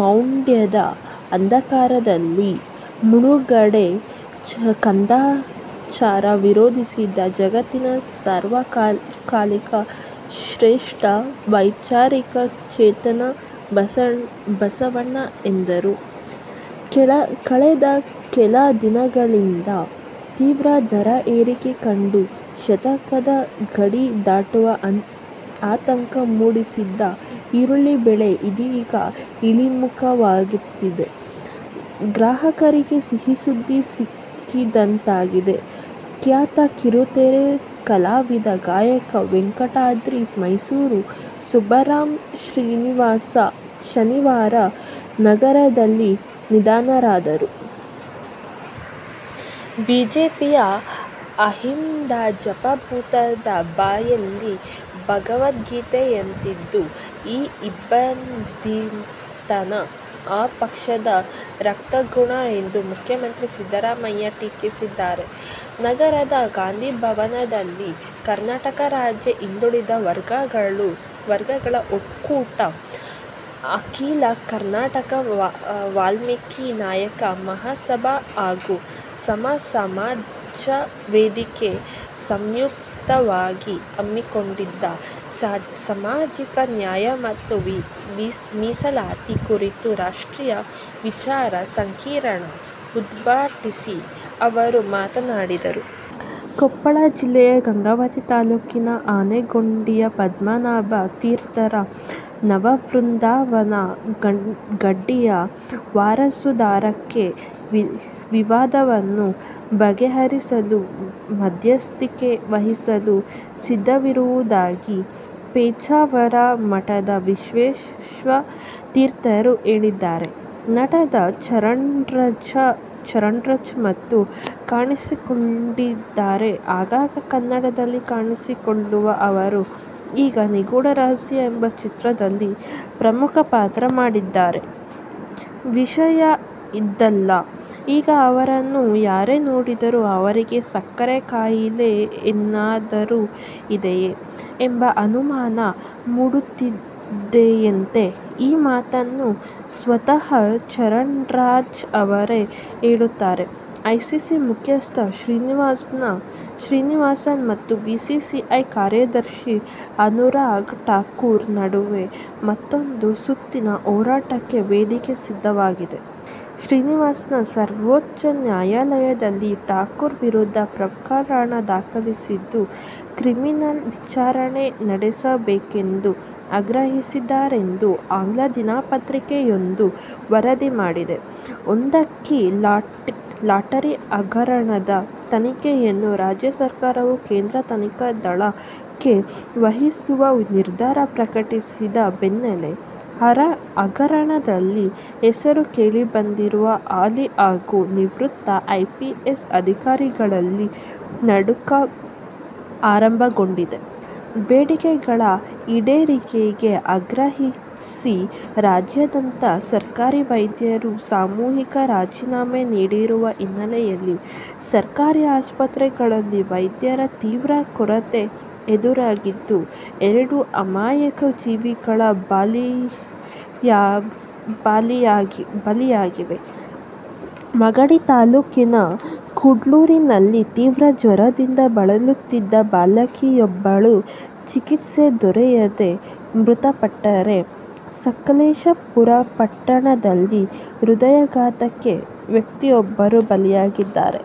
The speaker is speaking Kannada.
ಮೌಡ್ಯದ ಅಂಧಕಾರದಲ್ಲಿ ಮುಳುಗದೆ ಕಂದಾಚಾರ ವಿರೋಧಿಸಿದ ಜಗತ್ತಿನ ಸರ್ವಕಾಲಿಕ ಶ್ರೇಷ್ಠ ವೈಚಾರಿಕ ಚೇತನ ಬಸವಣ್ಣ ಎಂದರು. ಕಳೆದ ಕೆಲ ದಿನಗಳಿಂದ ತೀವ್ರ ದರ ಏರಿಕೆ ಕಂಡು ಶತಕದ ಗಡಿ ದಾಟುವ ಆತಂಕ ಮೂಡಿಸಿದ್ದ ಈರುಳ್ಳಿ ಬೆಲೆ ಇದೀಗ ಇಳಿಮುಖವಾಗುತ್ತಿದ್ದು, ಗ್ರಾಹಕರಿಗೆ ಸಿಹಿ ಸುದ್ದಿ ಸಿಕ್ಕಿದಂತಾಗಿದೆ. ಖ್ಯಾತ ಕಿರುತೆರೆ ಕಲಾವಿದ, ಗಾಯಕ ವೆಂಕಟಾದ್ರಿ ಮೈಸೂರು ಸುಬ್ಬರಾವ್ ಶನಿವಾರ ನಗರದಲ್ಲಿ ನಿಧನರಾದರು. ಬಿಜೆಪಿಯ ಅಹಿಂದ ಜಪ ಭೂತದ ಬಾಯಲ್ಲಿ ಭಗವದ್ಗೀತೆಯಂತಿದ್ದು, ಈ ಇಬ್ಬಂದಿತನ ಆ ಪಕ್ಷದ ರಕ್ತಗುಣ ಎಂದು ಮುಖ್ಯಮಂತ್ರಿ ಸಿದ್ದರಾಮಯ್ಯ ಟೀಕಿಸಿದ್ದಾರೆ. ನಗರದ ಗಾಂಧಿ ಭವನದಲ್ಲಿ ಕರ್ನಾಟಕ ರಾಜ್ಯ ಹಿಂದುಳಿದ ವರ್ಗಗಳ ಒಕ್ಕೂಟ, ಅಖೀಲ ಕರ್ನಾಟಕ ವಾಲ್ಮೀಕಿ ನಾಯಕ ಮಹಾಸಭಾ ಹಾಗೂ ಸಮ ಸಮಾಜ ವೇದಿಕೆ ಸಂಯುಕ್ತವಾಗಿ ಹಮ್ಮಿಕೊಂಡಿದ್ದ "ಸಾಮಾಜಿಕ ನ್ಯಾಯ ಮತ್ತು ಮೀಸಲಾತಿ' ಕುರಿತ ರಾಷ್ಟ್ರೀಯ ವಿಚಾರ ಸಂಕಿರಣ ಉದ್ಘಾಟಿಸಿ ಅವರು ಮಾತನಾಡಿದರು. ಕೊಪ್ಪಳ ಜಿಲ್ಲೆಯ ಗಂಗಾವತಿ ತಾಲೂಕಿನ ಆನೆಗೊಂದಿಯ ಪದ್ಮನಾಭ ತೀರ್ಥರ ನವವೃಂದಾವನ ಗಡ್ಡಿಯ ವಾರಸುದಾರಿಕೆ ವಿವಾದವನ್ನು ಬಗೆಹರಿಸಲು ಮಧ್ಯಸ್ಥಿಕೆ ವಹಿಸಲು ಸಿದ್ಧವಿರುವುದಾಗಿ ಪೇಜಾವರ ಮಠದ ವಿಶ್ವೇಶತೀರ್ಥರು ಹೇಳಿದ್ದಾರೆ. ನಟ ಚರಣ್ರಾಜ್ ಮತ್ತೆ ಕಾಣಿಸಿಕೊಂಡಿದ್ದಾರೆ. ಆಗಾಗ ಕನ್ನಡದಲ್ಲಿ ಕಾಣಿಸಿಕೊಳ್ಳುವ ಅವರು, ಈಗ "ನಿಗೂಢ ರಹಸ್ಯ ಎಂಬ ಚಿತ್ರದಲ್ಲಿ ಪ್ರಮುಖ ಪಾತ್ರ ಮಾಡಿದ್ದಾರೆ. ವಿಷಯ ಇದಲ್ಲ, ಈಗ ಅವರನ್ನು ಯಾರೇ ನೋಡಿದರೂ, ಅವರಿಗೆ ಸಕ್ಕರೆ ಖಾಯಿಲೆ ಏನಾದರೂ ಇದೆಯಾ? ಎಂಬ ಅನುಮಾನ ಮೂಡುತ್ತಿದೆಯಂತೆ. ಈ ಮಾತನ್ನು ಸ್ವತಃ ಚರಣ್ರಾಜ್ ಅವರೇ ಹೇಳುತ್ತಾರೆ. ಐಸಿಸಿ ಮುಖ್ಯಸ್ಥ ಶ್ರೀನಿವಾಸನ್ ಮತ್ತು ಬಿಸಿಸಿಐ ಕಾರ್ಯದರ್ಶಿ ಅನುರಾಗ್ ಠಾಕೂರ್ ನಡುವೆ ಮತ್ತೂಂದು ಸುತ್ತಿನ ಹೋರಾಟಕ್ಕೆ ವೇದಿಕೆ ಸಿದ್ಧವಾಗಿದೆ. ಶ್ರೀನಿವಾಸನ್ ಸರ್ವೋಚ್ಚ ನ್ಯಾಯಾಲಯದಲ್ಲಿ ಠಾಕೂರ್ ವಿರುದ್ಧ ಪ್ರಕರಣ ದಾಖಲಿಸಿದ್ದು, ಕ್ರಿಮಿನಲ್ ವಿಚಾರಣೆ ನಡೆಸಬೇಕೆಂದು ಆಗ್ರಹಿಸಿದ್ದಾರೆಂದು ಆಂಗ್ಲ ದಿನಪತ್ರಿಕೆಯೊಂದು ವರದಿ ಮಾಡಿದೆ. ಒಂದಂಕಿ ಲಾಟರಿ ಹಗರಣದ ತನಿಖೆಯನ್ನು ರಾಜ್ಯ ಸರ್ಕಾರವು ಕೇಂದ್ರ ತನಿಖಾ ದಳ ಕ್ಕೆ ವಹಿಸುವ ನಿರ್ಧಾರ ಪ್ರಕಟಿಸಿದ ಬೆನ್ನಲ್ಲೇ ಹಗರಣದಲ್ಲಿ ಹೆಸರು ಕೇಳಿ ಬಂದಿರುವ ಹಾಲಿ ಹಾಗೂ ನಿವೃತ್ತ ಐಪಿಎಸ್ ಅಧಿಕಾರಿಗಳಲ್ಲಿ ನಡುಕ ಆರಂಭಗೊಂಡಿದೆ. ಬೇಡಿಕೆಗಳ ಈಡೇರಿಕೆಗೆ ಆಗ್ರಹಿಸಿ ರಾಜ್ಯಾದ್ಯಂತ ಸರ್ಕಾರಿ ವೈದ್ಯರು ಸಾಮೂಹಿಕ ರಾಜೀನಾಮೆ ನೀಡಿರುವ ಹಿನ್ನೆಲೆಯಲ್ಲಿ ಸರ್ಕಾರಿ ಆಸ್ಪತ್ರೆಗಳಲ್ಲಿ ವೈದ್ಯರ ತೀವ್ರ ಕೊರತೆ ಎದುರಾಗಿದ್ದು, ಎರಡು ಅಮಾಯಕ ಜೀವಗಳು ಬಲಿಯಾಗಿವೆ. ಮಾಗಡಿ ತಾಲೂಕಿನ ಕುಡ್ಲೂರಿನಲ್ಲಿ ತೀವ್ರ ಜ್ವರದಿಂದ ಬಳಲುತ್ತಿದ್ದ ಬಾಲಕಿಯೊಬ್ಬಳು ಚಿಕಿತ್ಸೆ ದೊರೆಯದೆ ಮೃತಪಟ್ಟರೆ, ಸಕಲೇಶಪುರ ಪಟ್ಟಣದಲ್ಲಿ ಹೃದಯಾಘಾತಕ್ಕೆ ವ್ಯಕ್ತಿಯೊಬ್ಬರು ಬಲಿಯಾಗಿದ್ದಾರೆ.